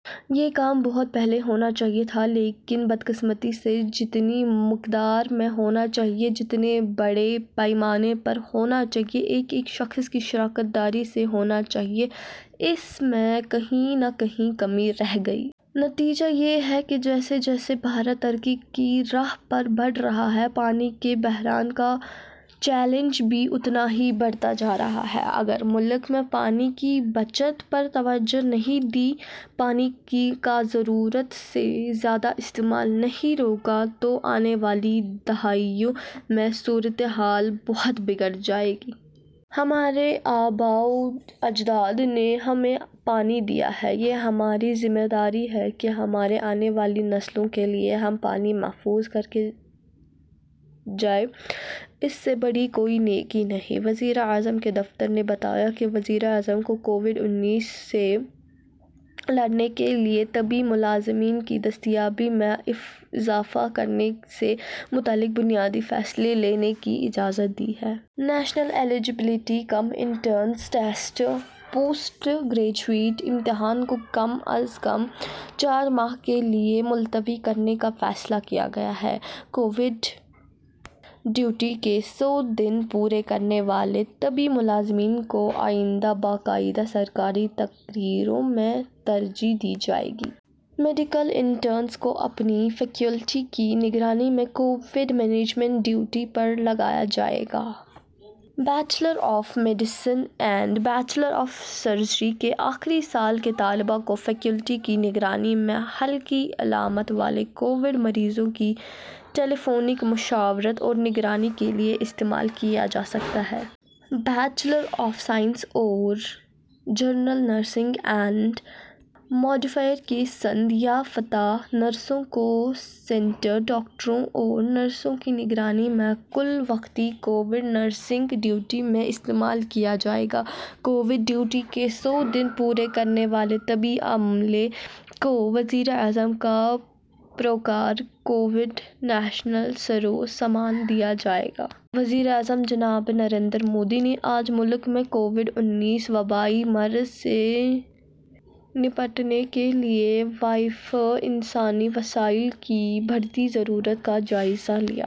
یہ کام بہت پہلے ہونا چاہیے تھا، لیکن بدقسمتی سے جتنی مقدار میں ہونا چاہیے، جتنے بڑے پیمانے پر ہونا چاہیے، ایک ایک شخص کی شراکت داری سے ہونا چاہیے، اس میں کہیں نہ کہیں کمی رہ گئی۔ نتیجہ یہ ہے کہ جیسے جیسے بھارت ترقی کی راہ پر بڑھ رہا ہے، پانی کے بحران کا چیلنج بھی اتنا ہی بڑھتا جا رہا ہے۔ اگر ملک میں پانی کی بچت پر توجہ نہیں دی، پانی کا ضرورت سے زیادہ استعمال نہیں روکا، تو آنے والی دہائیوں میں صورت حال بہت بگڑ جائے گی۔ ہمارے آباؤ اجداد نے ہمیں پانی دیا ہے، یہ ہماری ذمہ داری ہے کہ ہماری آنے والی نسلوں کے لیے ہم پانی محفوظ کرکے جائیں۔ اس سے بڑی کوئی نیکی نہیں۔ وزیر اعظم کے دفتر نے بتایا کہ وزیر اعظم نے کووڈ انیس سے لڑنے کے لیے طبی ملازمین کی دستیابی میں اضافہ کرنے سے متعلق بنیادی فیصلے لینے کی اجازت دی ہے۔ National eligibility cum entrance test, post graduate امتحان کو کم از کم چار ماہ کے لیے ملتوی کرنے کا فیصلہ کیا گیا ہے۔ کووڈ ڈیوٹی کے سو دن پورے کرنے والے طبی ملازمین کو آئندہ باقاعدہ سرکاری تقرریوں میں ترجیح دی جائے گی۔ میڈیکل انٹرنز کو اپنی فیکلٹی کی نگرانی میں کووڈ مینجمنٹ ڈیوٹی پر لگایا جائے گا۔ Bachelor of medicine and bachelor of surgery کے آخری سال کے طلبہ کو فیکلٹی کی نگرانی میں ہلکی علامات والے کووڈ مریضوں کی ٹیلی فونک مشاورت اور نگرانی کے لیے استعمال کیا جا سکتا ہے۔ بیچلر آف سائنس اور جنرل نرسنگ اینڈ مڈوائفری کے سند یافتہ نرسوں کو سینئر ڈاکٹروں اور نرسوں کی نگرانی میں کل وقتی کووڈ نرسنگ ڈیوٹی میں استعمال کیا جائے گا۔ کووڈ ڈیوٹی کے سو دن پورے کرنے والے طبی عملے کو وزیر اعظم کا پروقار کووڈ نیشنل سروس سمان دیا جائے گا۔ وزیر اعظم جناب نریندر مودی نے آج ملک میں کووڈ انیس وبائی مرض سے نمٹنے کے لیے وافر انسانی وسائل کی بڑھتی ضرورت کا جائزہ لیا۔